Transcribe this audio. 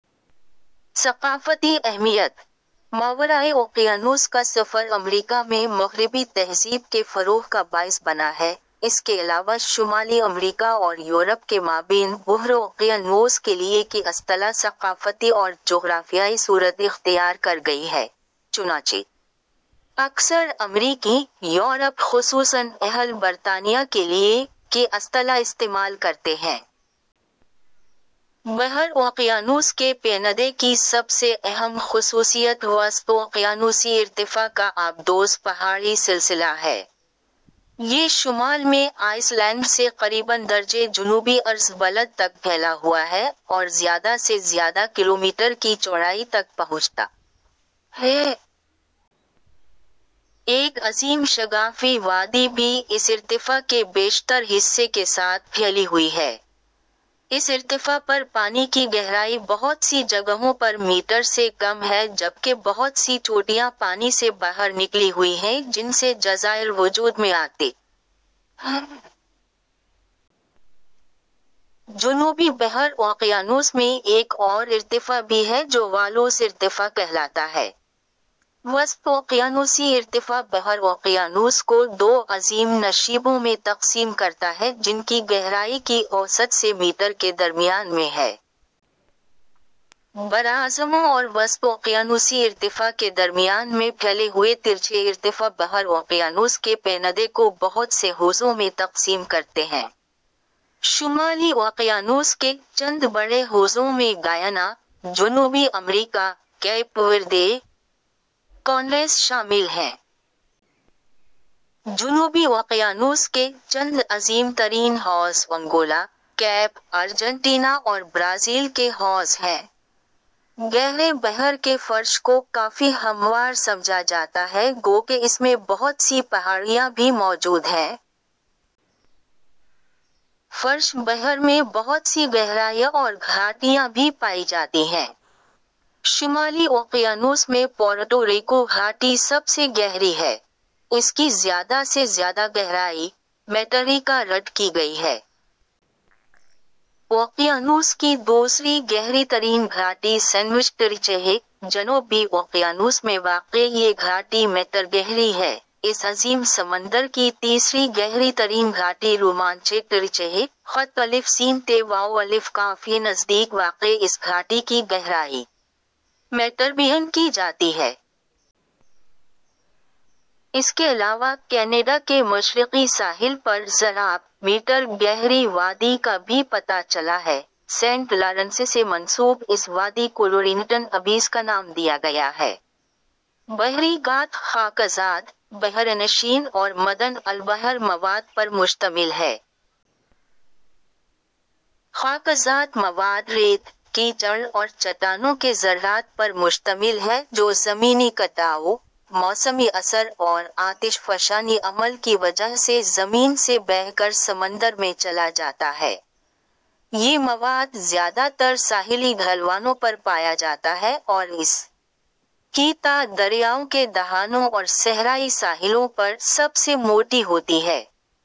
ثقافتی اہمیت: ماورائے اوقیانوس کا سفر امریکا میں مغربی تہذیب کے فروغ کا باعث بنا ہے، اس کے علاوہ شمالی امریکا اور یورپ کے مابین بحرِ اوقیا نوس کے لیے کی اصطلاح ثقافتی اور جغرافیائی صورت اختیار کر گئی ہے، چنانچہ اکثر امریکی، یورپ خصوصاً اہلِ برطانیہ کے لیے "" کی اصطلاح استعمال کرتے ہیں۔ بحر اوقیانوس کے پیندے کی سب سے اہم خصوصیت وسط اوقیانوسی ارتفاع کا آبدوز پہاڑی سلسلہ ہے۔ یہ شمال میں آئس لینڈ سے قریبا درجے جنوبی عرض بلد تک پھیلا ہوا ہے اور زیادہ سے زیادہ کلومیٹر کی چوڑائی تک پہنچتا ہے۔ ایک عظیم شگافی وادی بھی اس ارتفاع کے بیشتر حصے کے ساتھ پھیلی ہوئی ہے۔ اس ارتفاع پر پانی کی گہرائی بہت سی جگہوں پر میٹر سے کم ہے جبکہ بہت سی چوٹیاں پانی سے باہر نکلی ہوئی ہیں جن سے جزائر وجود میں آتے ہیں۔ جنوبی بحر اوقیانوس میں ایک اور ارتفاع بھی ہے جو والوس ارتفاع کہلاتا ہے۔ وسط اوقیانوسی ارتفاع بحر اوقیانوس کو دو عظیم نشیبوں میں تقسیم کرتا ہے جن کی گہرائی کی اوسط سے میٹر کے درمیان میں ہے۔ براعظموں اور وسط اوقیانوسی ارتفاع کے درمیان میں پھیلے ہوئے ترچھے ارتفاع بحر اوقیانوس کے پیندے کو بہت سے حوضوں میں تقسیم کرتے ہیں۔ شمالی اوقیانوس کے چند بڑے حوضوں میں گیانا ، جنوبی امریکا، کیپ وردے، کانریز شامل ہیں۔ جنوبی اوقیانوس کے چند عظیم ترین حوض انگولا، کیپ، ارجنٹینا اور برازیل کے حوض ہیں۔ گہرے بحر کے فرش کو کافی ہموار سمجھا جاتا ہے گوکہ اس میں بہت سی پہاڑیاں بھی موجود ہیں۔ فرش بحر میں بہت سی گہرائیاں اور گھاٹیاں بھی پائی جاتی ہیں۔ شمالی اوقیانوس میں پورٹو ریکو گھاٹی سب سے گہری ہے۔ اس کی زیادہ سے زیادہ گہرائی, میٹرریکا رڈ کی گئی ہے۔ اوقیانوس کی دوسری گہری ترین گھاٹی سینڈوچ ٹرنچہے، جنو بی اوقیانوس میں واقع یہ گھاٹی میٹرگہری ہے، اس عظیم سمندر کی تیسری گہری ترین گھاٹی رومانچے ٹرنچہے، خط ِاستواکے نزدیک واقع اس گھاٹی کی گہرائی میٹربیان کی جاتی ہے۔ اس کے علاوہ کینیڈا کے مشرقی ساحل پر زیرِآب, میٹر گہری وادی کا بھی پتہ چلا ہے، سینٹ لارنسسے منسوب اس وادی کولورینٹن ابیز کا نام دیا گیا ہے۔ بحری گاد خاکزاد، بحرنشین اور معدن البحر مواد پر مشتمل ہے۔ خاکزاد مواد ریت، کیچڑ اور چٹانوں کے ذرات پر مشتمل ہے جو زمینی کٹاؤ، موسمی اثر اور آتش فشانی عمل کی وجہ سے زمین سے بہہ کر سمندر میں چلا جاتا ہے۔ یہ مواد زیادہ تر ساحلی ڈھلوانوں پر پایا جاتا ہے اور اس کی تہ دریاؤں کے دہانوں اور صحرائی ساحلوں پر سب سے موٹی ہوتی ہے۔